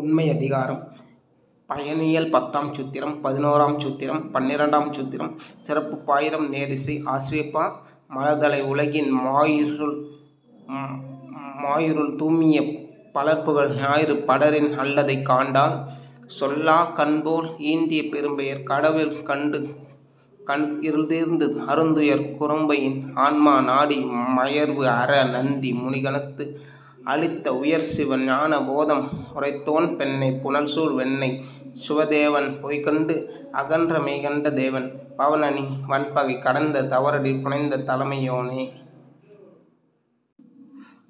உண்மை அதிகாரம்: பயனியல் பத்தாம் சூத்திரம் பதினொறாம் சூத்திரம் பனிரண்டாம் சூத்திரம். சிறப்புப் பாயிரம் நேரிசை ஆசிரியப்பா மலர்தலை உலகின் மாயிருள் துமியப் பலர்புகழ் ஞாயிறு படரின் அல்லதைக் காண்டல் செல்லாக் கண்போல் ஈண்டிய பெரும்பெயர்க் கடவுளிற் கண்டுகண் இருள்தீர்ந்து அருந்துயர்க் குரம்பையின் ஆன்மா நாடி மயர்வுஅற நந்தி முனிகணத்து அளித்த உயர்சிவ ஞான போதம் உரைத்தோன் பெண்ணைப் புனல்சூழ் வெண்ணெய்ச் சுவேதவனன் பொய்கண்டு அகன்ற மெய்கண்ட தேவன் பவநனி வன்பகை கடந்த தவரடி புனைந்த தலைமை யோனே.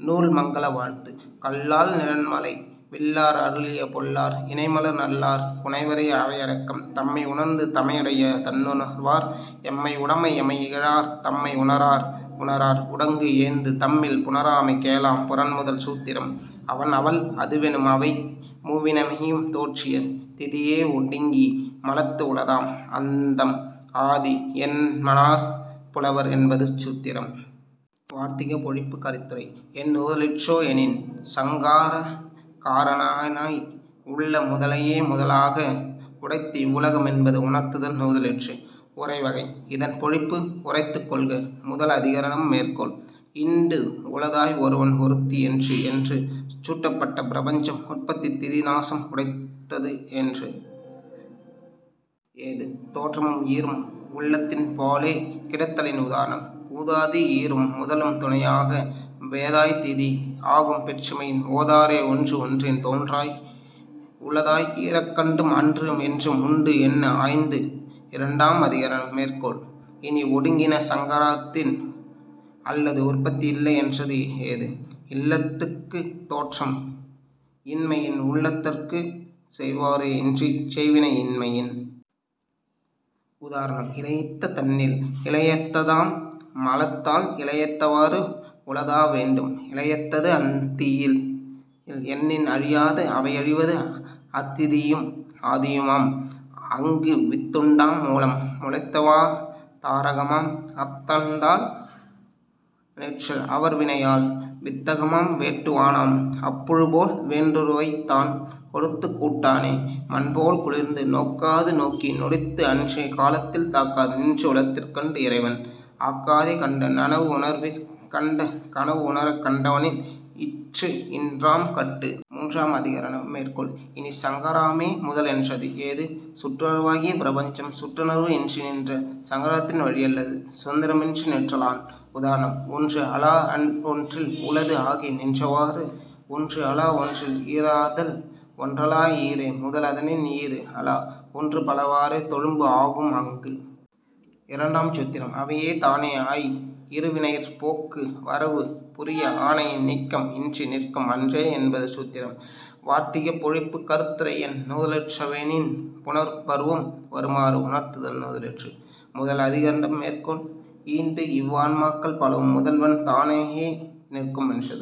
நூல் மங்கல வாழ்த்து கல்லால் நிழன்மலை வில்லார் அருளிய பொல்லார் இணைமலர் நல்லார் புணைவரே அவையடக்கம் தம்மை உணர்ந்து தமையுடைய தன்னுணர்வார் எம்மை உடைமை எமை இகழார்--- தம்மை உணரார் உணரார் உடங்குஇயைந்து தம்மில் புணராமை கேளாம் புறன் முதல் சூத்திரம் அவன் அவள் அதுவெனும் அவை மூவினைமையின் தோற்றிய திதியே ஒடுங்கி மலத்து உளதாம் அந்தம் ஆதி என்மனார் புலவர் என்பது சூத்திரம். வார்த்திகப் பொழிப்பு கருத்துரை: என் நுதலிற்றோ எனின், சங்கார காரணனாய் உள்ள முதலையே முதலாக உடைத்து இவ்வுலகம்என்பது உணர்த்துதல் நுதலிற்று. உரைவகை: இதன் பொழிப்பு உரைத்துக் கொள்க.. முதல் அதிகரணம் மேற்கோள்: ஈண்டு, உளதாய் ஒருவன் ஒருத்தி ஒன்று என்று சுட்டப்பட்ட பிரபஞ்சம் உற்பத்தி திதி நாசம் உடைத்துஎன்றது. ஏது: தோற்றமும் ஈறும் உள்ளதின்பாலே கிடத்தலின் உதாரணம்: பூதாதி ஈறும் முதலும் துணையாக பேதாய்! திதி ஆகும் பெற்றிமையின்- ஓதாரோ ஒன்று ஒன்றின் தோன்றி உளதாய் இறக்கண்டும் அன்றுஎன்றும் உண்டு என்ன ஆய்ந்து.. இரண்டாம் அதிகரணம் மேற்கோள்: இனி, ஒடுங்கின சங்காரத்தின் அல்லது உற்பத்தி இல்லை என்றது ஏது: இல்லதற்குத் தோற்றம் இன்மையின், உள்ளதற்குச் செய்வோர் இன்றிச் செய்வினை இன்மையின். உதாரணம். இலயித்த தன்னில் இலயித்ததாம் மலத்தால் இலயித்தவாறு உளதா வேண்டும்_ இலயித்தது அத்திதியில் என்னின் அழியாது அவையழிவது அத்திதியும் ஆதியுமாம் அங்கு. வித்துண்டாம் மூலம் முளைத்தவா தாரகமாம் அத்தன்தாள் நிற்றல் அவர்வினையால்- வித்தகமாம் வேட்டுவனாம் அப்புழுபோல் வேண்டுருவைத் தான் கொடுத்துக் கூட்டானே மண்போல் குளிர்ந்து. நோக்காது நோக்கி நொடித்து அன்றே காலத்தில் தாக்காது நின்று உளத்திற் கண்டு இறைவன் -- ஆக்காதே கண்ட நனவு உணர்விற் கண்ட கனவு உணரக் கண்டவனின் இற்று இன்றாம் கட்டு.. மூன்றாம் அதிகரணம் மேற்கோள்: இனி, சங்காரமே முதல் என்றது. ஏது: சுட்டுணர்வாகிய பிரபஞ்சம் சுட்டுணர்வு இன்றி நின்ற சங்காரத்தின் வழியல்லது சுதந்திரமின்றிநிற்றலான். உதாரணம்: ஒன்று அலா ஒன்றில் உளது ஆகி நின்றவாறு ஒன்று அலா ஒன்றில் ஈறாதல் _-- ஒன்றலா ஈறே முதல் அதனின் ஈறு அலா ஒன்று பல வாறே தொழும்பு ஆகும் அங்கு. இரண்டாம் சூத்திரம் அவையே தானே ஆய், இரு வினையிற் போக்கு வரவு புரிய ஆணையின் நீக்கம் இன்றி நிற்கும் அன்றே என்பது சூத்திரம். வார்த்திகப் பொழிப்பு கருத்துரை: என் நுதலிற்றோவெனின், புனருற்பவம் வருமாறு உணர்த்துதல் நுதலிற்று.. முதல் அதிகரணம் மேற்கோள்: ஈண்டு, இவ்வான்மாக்கள் பலவும் முதல்வன் தானேயாய் நிற்கும் என்றது.